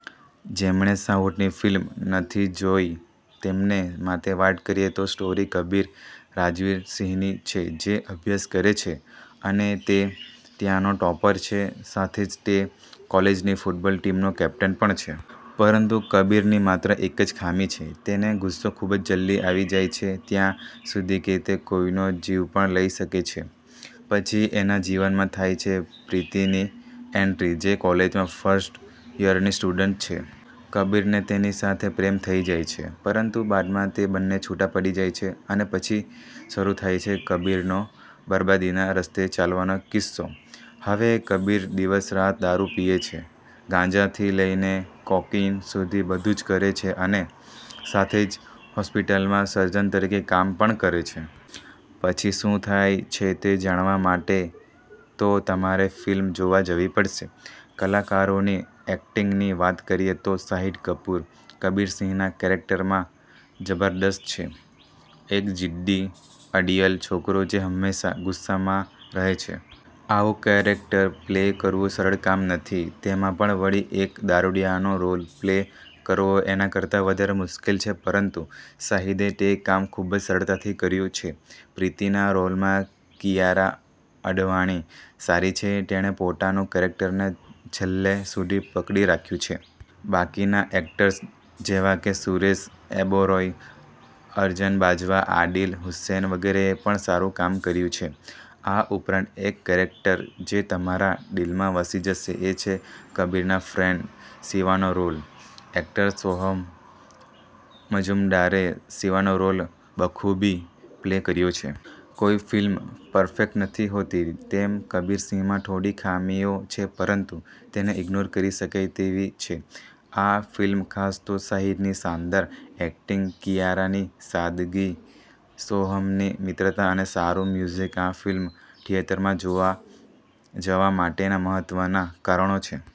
જેમણે સાઉથની ફિલ્મ નથી જોઈ તેમને માટે વાત કરીએ તો સ્ટોરી કબીર રાજવીર સિંહની છે, જે અભ્યાસ કરે છે અને તે ત્યાંનો ટોપર છે, સાથે જ તે કોલેજની ફુટબોલ ટીમનો કેપ્ટન પણ છે. પરંતુ કબીરની માત્ર એક જ ખામી છે, તેને ગુસ્સો ખૂબ જ જલ્દી આવી જાય છે. ત્યાં સુધી કે તે કોઈનો જીવ પણ લઈ શકે છે. પછી એના જીવનમાં થાય છે પ્રીતિની એન્ટ્રી, જે કોલેજમાં ફર્સ્ટ યરની સ્ટુડન્ટ છે. કબીરને તેની સાથે પ્રેમ થઈ જાય છે, પરંતુ બાદમાં તે બંને છૂટા પડી જાય છે અને પછી શરૂ થાય છે, કબીરનો બરબાદીના રસ્તે ચાલવાનો કિસ્સો. હવે કબીર દિવસ-રાત દારૂ પીએ છે, ગાંજાથી લઈને કોકેઈન સુધી બધુ જ કરે છે અને સાથે જ હોસ્પિટલમાં સર્જન તરીકે કામ પણ કરે છે. પછી શું થાય છે તે જાણવા માટે તો તમારે ફિલ્મ જોવા જવી પડશે. કલાકારોની એક્ટિંગની વાત કરીએ તો શાહિદ કપૂર, કબીર સિંહના કેરેક્ટરમાં જબરદસ્ત છે. એક જીદ્દી, અડિયલ છોકરો જે હંમેશાં ગુસ્સામાં રહે છે. આવું કેરેક્ટર પ્લે કરવું સરળ કામ નથી. તેમાં પણ વળી એક દારૂડિયાનો રોલ પ્લે કરવો એના કરતા વધારે મુશ્કેલ છે પરંતુ શાહિદે તે કામ ખૂબ જ સરળતાથી કર્યું છે. પ્રીતિના રોલમાં કિયારા અડવાણી સારી છે તેણે પોતાનું કેરેક્ટરને છેલ્લે સુધી પકડી રાખ્યું છે. બાકીના એક્ટરર્સ જેવાકે, સુરેશ ઓબેરોય, અર્જન બાજવા, આદિલ હુસેન, વગેરેએ પણ સારું કામ કર્યું છે. આ ઉપરાંત એક કેરેક્ટર જે તમારા દિલમાં વસી જશે, એ છે કબીરના ફ્રેન્ડ શિવાનો રોલ. એક્ટર સોહમ મજૂમદારે શિવાનો રોલ બખૂબી પ્લે કર્યો છે. કોઈ ફિલ્મ પરફેક્ટ નથી હોતી, તેમ કબીર સિંહમાં થોડી ખામીઓ છે પરંતુ તેને ઈગ્નોર કરી શકાય તેવી છે. આ ફિલ્મ ખાસ તો શાહિદની શાનદાર એક્ટિંગ, કિયારાની સાદગી, સોહમની મિત્રતા અને સારું મ્યુઝીક આ ફિલ્મ થિયેટરમાં જોવા જવા માટેના મહત્ત્વના કારણો છે.